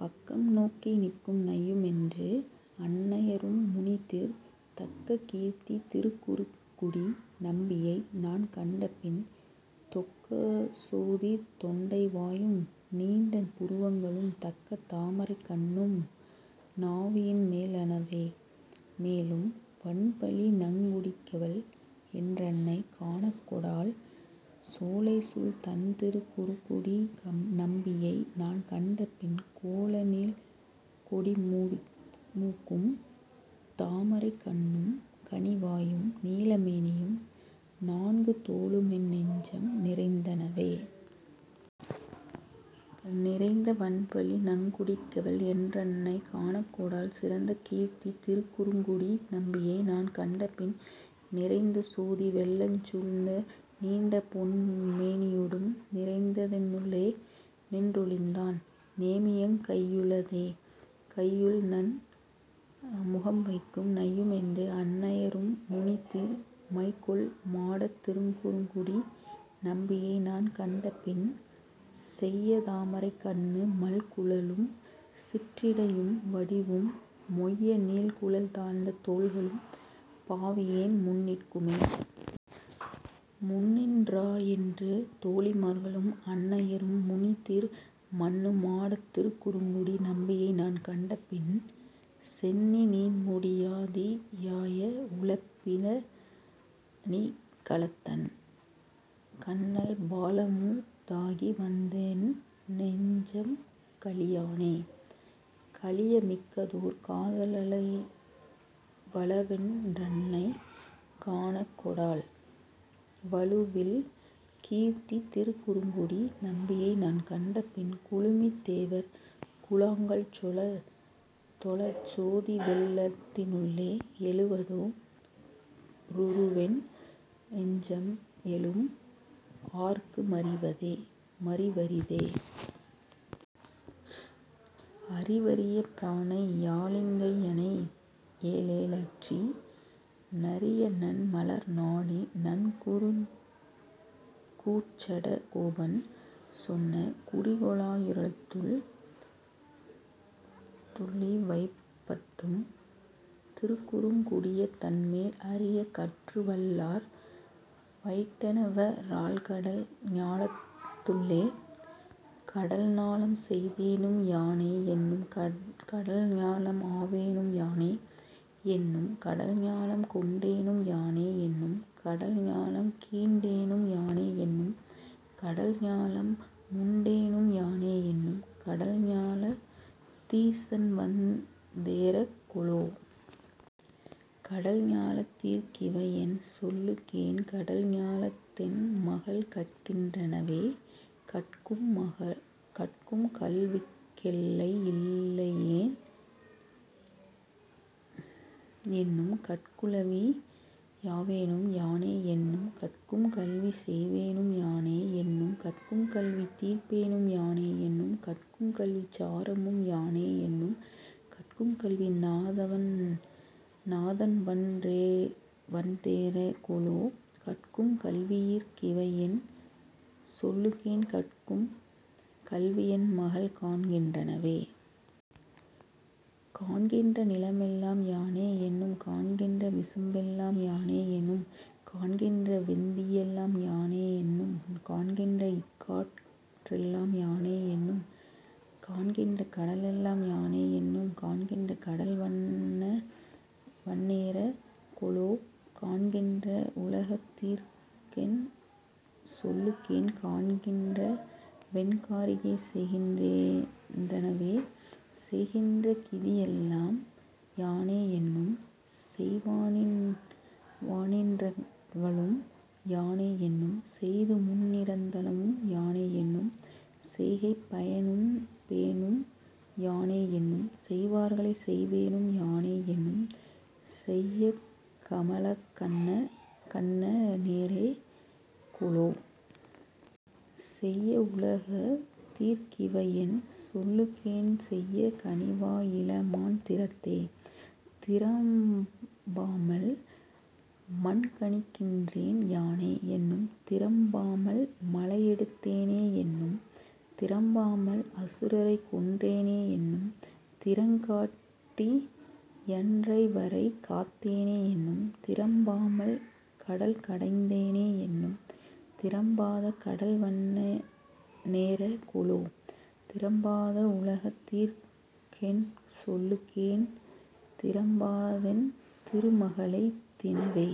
பக்கம்நோக்கி நிற்கும் நையுமென்று। அன்னைய ரும்முனிதிர், தக்ககீர்த்திக் திருக்கு றுங்குடி நம்பியை நான்கண்டபின் தொக்கசோதித் தொண்டை வாயும் நீண்ட புருவங்களும், தக்கதாமரைக் கண்ணும் னாவியின் மேலனவே.. மேலும் வன்பழி நங்குடிக்கிவள் என்றன்னை காணக்கொடாள் சோலைசூழ் தண்திருக் குறுங்குடி நம்பியை நான்கண்டபின், கோலநீள் கொடிமூக்கும் தாமரைக் கண்ணும் கனிவாயும், நீலமேனியும் நான்கு தோளுமென் நெஞ்சம் நிறைந்தனவே.. நிறைந்த வன்பழி நங்குடிக்கிவள் என்றன்னை காணக்கொடாள் சிறந்தகீர்த்தித் திருக்கு றுங்குடி நம்பியை நான்கண்டபின், நிறைந்தசோதி வெள்ளஞ் சூழ்ந்த நீண்டபொன் மேனியொடும் நிறைந்தென் னுள்ளே நின்றொழிந்தான் நேமியங் கையுளதே.. கையுள்நன் முகம்வைக்கும் நையுமென்று அன்னைய ரும்முனிதிர், மைகொள் மாடத் திருக்குறுங்குடி நம்பியை நான்கண்டபின், செய்யதாமரைக் கண்ணு மல்குலும் சிற்றிடை யும்வடிவும், மொய்யநீள்குழல் தாழ்ந்த தோள்களும் பாவியேன் முன்னிற்குமே.. முன்னின் றாயென்று தோழிமார்களும் அன்னைய ரும்முனிதிர், மன்னு மாடத் திருக்குறுங்குடி நம்பியை நான்கண்டபின், சென்னி நீண்முடி யாதியாய உலப்பி லணிகலத்தன், கன்னல் பாலமு தாகிவந்தென் நெஞ்சம் கழியானே.. கழியமிக்கதோர் காதல ளிவளென் றன்னை காணக்கொடாள், வழுவில் கீர்த்தித் திருக்குறுங்குடி நம்பியை நான்கண்டபின், குழுமித் தேவர் குழாங்கள்தொழச் சோதிவெள் ளத்தினுள்ளே, எழுவதோ ருருவென் னெஞ்சுள்ளெழும் ஆர்க்கு மறிவரிதே. அறிவரிய பிரானை யாழியங்கையனை யேயலற்றி, நறியநன் மலர்நாடி நன்குருகூர்ச்சடகோபன் சொன்ன, குறிகொளா யிரத்துள் ளிவைபத்தும் திருக்குறுங் குடியதன்மேல் அறியக் கற்றுவல்லார் வைட்டணவராழ்கடல் ஞாலத்துள்ளே. கடல்ஞாலம் செய்தேனும் யானே என்னும் கடல்ஞாலம் ஆவேனும் யானே என்னும், கடல்ஞாலம் கொண்டேனும் யானே என்னும் கடல்ஞாலம் கீண்டேனும் யானே என்னும், கடல்ஞாலம் முண்டேனும் யானே என்னும் கடல்ஞாலத் தீசன்வந் தேறக் கொலோ?, கடல்ஞா லத்தீர்க் கிவையென் சொல்லுகேன் கடல்ஞா லத்தென் மகள்கற் கின்றனவே?. கற்கும்கல் விக்கெல்லை யிலனே என்னும் கற்கும்கல்வி யாவேனும் யானே என்னும், கற்கும்கல்வி செய்வேனும் யானே என்னும் கற்கும்கல்வி தீர்ப்பேனும் யானே என்னும், கற்கும்கல்விச் சாரமும் யானே என்னும் கற்கும்கல்வி நாதன்வன் தேறக் கொலோ?, கற்கும் கல்வியீர்க் கிவையென் சொல்லுகேன் கற்கும் கல்வியென் மகள்காண் கின்றனவே?. காண்கின்ற நிலமெல்லாம் யானே என்னும் காண்கின்ற விசும்பெல்லாம் யானே என்னும், காண்கின்ற வெந்தீயெல்லாம் யானே என்னும் காண்கின்ற இக்காற்றெல்லாம் யானே என்னும், காண்கின்ற கடலெல்லாம் யானே என்னும் காண்கின்ற கடல்வண்ண னேறக் கொலோ? காண்கின்ற வுலகத் தீர்க்கென் சொல்லுகேன் காண்கின்ற வென்கா ரிகைசெய் கின்றனவே?. செய்கின்ற கிதியெல்லாம் யானே என்னும் செய்வானின் றனகளும் யானே என்னும், செய்துமுன் னிறந்தனவும் யானே என்னும் செய்கைப்பய னுண்பேனும் யானே என்னும், செய்வார்களைச் செய்வேனும் யானே என்னும் செய்யகம லக்கண்ண னேறக் கொலோ? செய்யவுல தீர்க் கிவையென் சொல்லுகேன் செய்ய கனிவா யிளமான் திறத்தே?. திறம்பாமல் மண்காக்கின்றேன் யானே என்னும் திறம்பாமல் மலையெடுத் தேனே என்னும், திறம்பாமல் அசுரரைக்கொன் றேனே என்னும் திறங்காட்டி யன்றைவரைக் காத்தேனே என்னும், திறம்பாமல் கடல்கடைந் தேனே என்னும் திறம்பாத கடல்வண்ண னேறக் கொலோ? திறம்பாத வுலகத் தீர்க்கென் சொல்லுகேன் திறம்பா தென்திரு மகளெய் தினவே?.